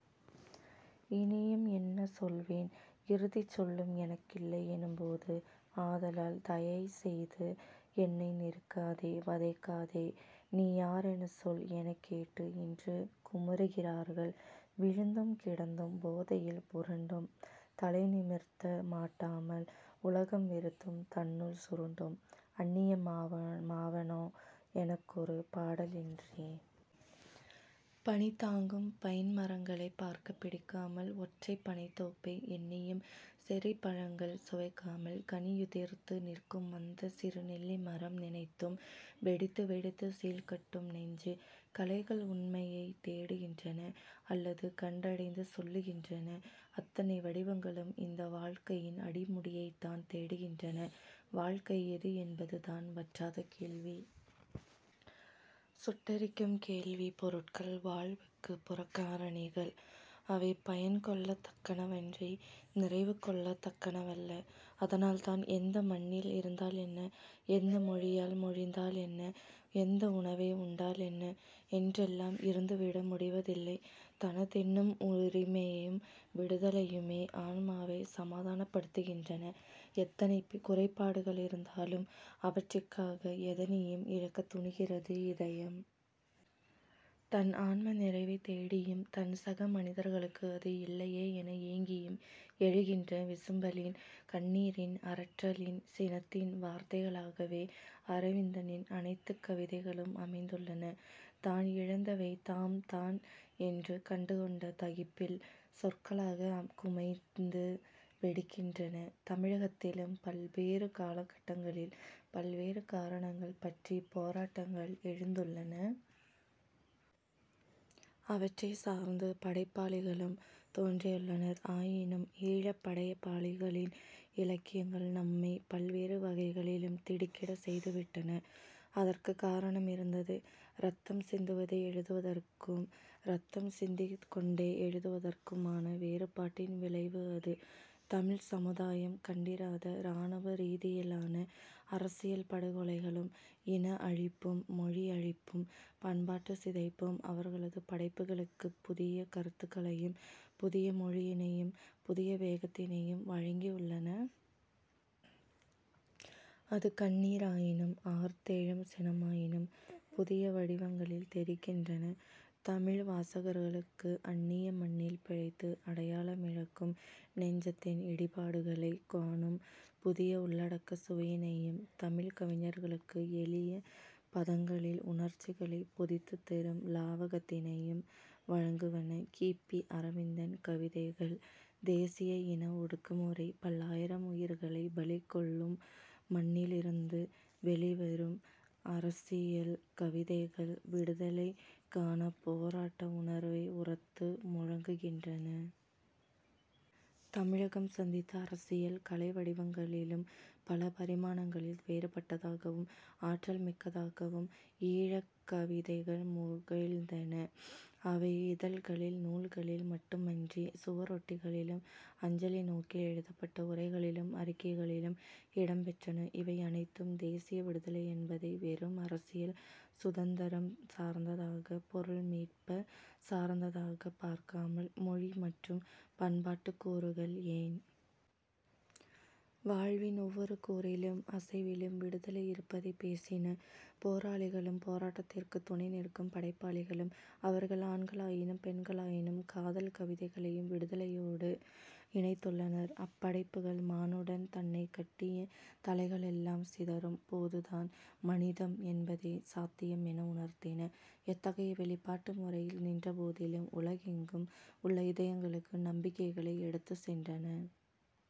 "இனியும் என்ன சொல்வேன் இறுதிச் சொல்லும் எனக்கில்லை எனும்போது... ஆதலால் தயைசெய்து என்னை நெருக்காதே வதைக்காதே 'நீ யாரெனச் சொல்' எனக் கேட்டு... " என்று குமுறுகிறார்கள். "விழுந்தும் கிடந்தும் போதையில் புரண்டும் தலைநிமிர்த்த மாட்டாமல் உலகம் வெறுத்தும் தன்னுள் சுருண்டும் அந்நியமாவனோ எனக்கொரு பாடலின்றி....! பனிதாங்கும் பைன்மரங்களைப் பார்க்கப் பிடிக்காமல் ஒற்றைப் பனைத்தோப்பை எண்ணியும் செர்ரிப்பழங்கள் சுவைக்காமல் கனியுதிர்த்து நிற்குமந்த சிறுநெல்லி மரம் நினைத்தும் வெடித்துவெடித்துச் சீழ்கட்டும் நெஞ்சு. கலைகள் உண்மையைத் தேடுகின்றன அல்லது கண்டடைந்து சொல்லுகின்றன. அத்தனை வடிவங்களும் இந்த வாழ்க்கையின் அடிமுடியைத்தான் தேடுகின்றன. வாழ்க்கை எது என்பதுதான் வற்றாத கேள்வி. சுட்டெரிக்கும் கேள்வி. பொருட்கள் வாழ்வுக்குப் புறக்காரணிகள். அவை பயன்கொள்ளத் தக்கனவன்றி நிறைவுகொள்ளத் தக்கனவல்ல. அதனால்தான் எந்த மண்ணில் இருந்தால் என்ன? எந்த மொழியால் மொழிந்தால் என்ன? எந்த உணவை உண்டாலென்ன? என்றெல்லாம் இருந்துவிட முடிவதில்லை. தனதென்னும் உரிமையும் விடுதலையுமே ஆன்மாவைச் சமாதானப்படுத்துகின்றன. எத்தனை குறைபாடுகளிருந்தாலும் அவற்றிக்காக எதனையும் இழக்கத் துணிகிறது இதயம். தன் ஆன்ம நிறைவைத் தேடியும், தன் சகமனிதர்களுக்கு அது இல்லையே என ஏங்கியும் எழுகின்ற விசும்பலின், கண்ணீரின், அரற்றலின், சினத்தின் வார்த்தைகளாகவே அரவிந்தனின் அனைத்துக் கவிதைகளும் அமைந்துள்ளன. தான் இழந்தவைதாம் 'தான்' என்று கண்டுகொண்ட தகிப்பில் சொற்களாகக் குமைந்து வெடிக்கின்றன. தமிழகத்திலும் பல்பேறு காலகட்டங்களில் பல்வேறு காரணங்கள் பற்றிப் போராட்டங்கள் எழுந்துள்ளன. அவற்றைச் சார்ந்து படைப்பாளிகளும் தோன்றியுள்ளனர். ஆயினும் ஈழப் படைப்பாளிகளின் இலக்கியங்கள் நம்மைப் பல்வேறு வகைகளிலும் திடுக்கிடச் செய்துவிட்டன. அதற்குக் காரணமிருந்தது. இரத்தம் சிந்துவதை எழுதுவதற்கும், இரத்தம் சிந்திக் கொண்டே எழுதுவதற்குமான வேறுபாட்டின் விளைவு அது. தமிழ்ச் சமுதாயம் கண்டிராத இராணுவ ரீதியிலான அரசியல் படுகொலைகளும், இன அழிப்பும், மொழியழிப்பும், பண்பாட்டுச் சிதைப்பும் அவர்களது படைப்புகளுக்குப் புதிய கருத்துக்களையும் புதிய மொழியினையும் புதிய வேகத்தினையும் வழங்கியுள்ளன. அது கண்ணீராயினும் ஆர்த்தெழும் சினமாயினும் புதிய வடிவங்களில் தெறிக்கின்றன. தமிழ் வாசகர்களுக்குஅன்னிய மண்ணில் பிழைத்து அடையாளமிழக்கும் நெஞ்சத்தின் இடிபாடுகளைக் காணும் புதிய உள்ளடக்கச் சுவையினையும் தமிழ்க் கவிஞர்களுக்கு எளிய பதங்களில் உணர்ச்சிகளைப் பொதித்துத் தரும் இலாவகத்தினையும் வழங்குவன கி. பி. அரவிந்தன் கவிதைகள். தேசிய இன ஒடுக்குமுறை பல்லாயிரம் உயிர்களைப் பலிகொள்ளும் மண்ணிலிருந்து வெளிவரும் அரசியல் கவிதைகள் விடுதலைக்கான போராட்ட உணர்வை உரத்து முழுங்குகின்றன. தமிழகம் சந்தித்த அரசியல் கலை வடிவங்களிலும் பல பரிமாணங்களில் வேறுபட்டதாகவும் ஆற்றல்மிக்கதாகவும் ஈழக் கவிதைகள் முகிழ்த்தன. அவை இதழ்களில், நூல்களில் மட்டுமன்றி, சுவரொட்டிகளிலும் அஞ்சலி நோக்கில் எழுதப்பட்ட உரைகளிலும் அறிக்கைகளிலும் இடம்பெற்றன. இவையனைத்தும், தேசிய விடுதலை என்பதை வெறும் அரசியல் சுதந்தரம் சார்ந்ததாக, பொருள் மீட்புச் சார்ந்ததாகப் பார்க்காமல் மொழி மற்றும் பண்பாட்டுக் கூறுகள், ஏன்? வாழ்வின் ஒவ்வொரு கூறிலும் அசைவிலும் விடுதலை இருப்பதைப் பேசின. போராளிகளும் போராட்டத்திற்குத் துணைநிற்கும் படைப்பாளிகளும் அவர்கள் ஆண்களாயினும் பெண்களாயினும் காதல் கவிதைகளையும் விடுதலையோடு இணைத்துள்ளனர். அப்படைப்புகள் 'மானுடன் தன்னைக் கட்டிய தளைகளெல்லாம் சிதறும்' போதுதான் 'மனிதம்' என்பதே சாத்தியம் என உணர்த்தின; எத்தகைய வெளிப்பாட்டு முறையில் நின்ற போதிலும் உலகெங்கும் உள்ள இதயங்களுக்கு நம்பிக்கைகளை எடுத்துச் சென்றன.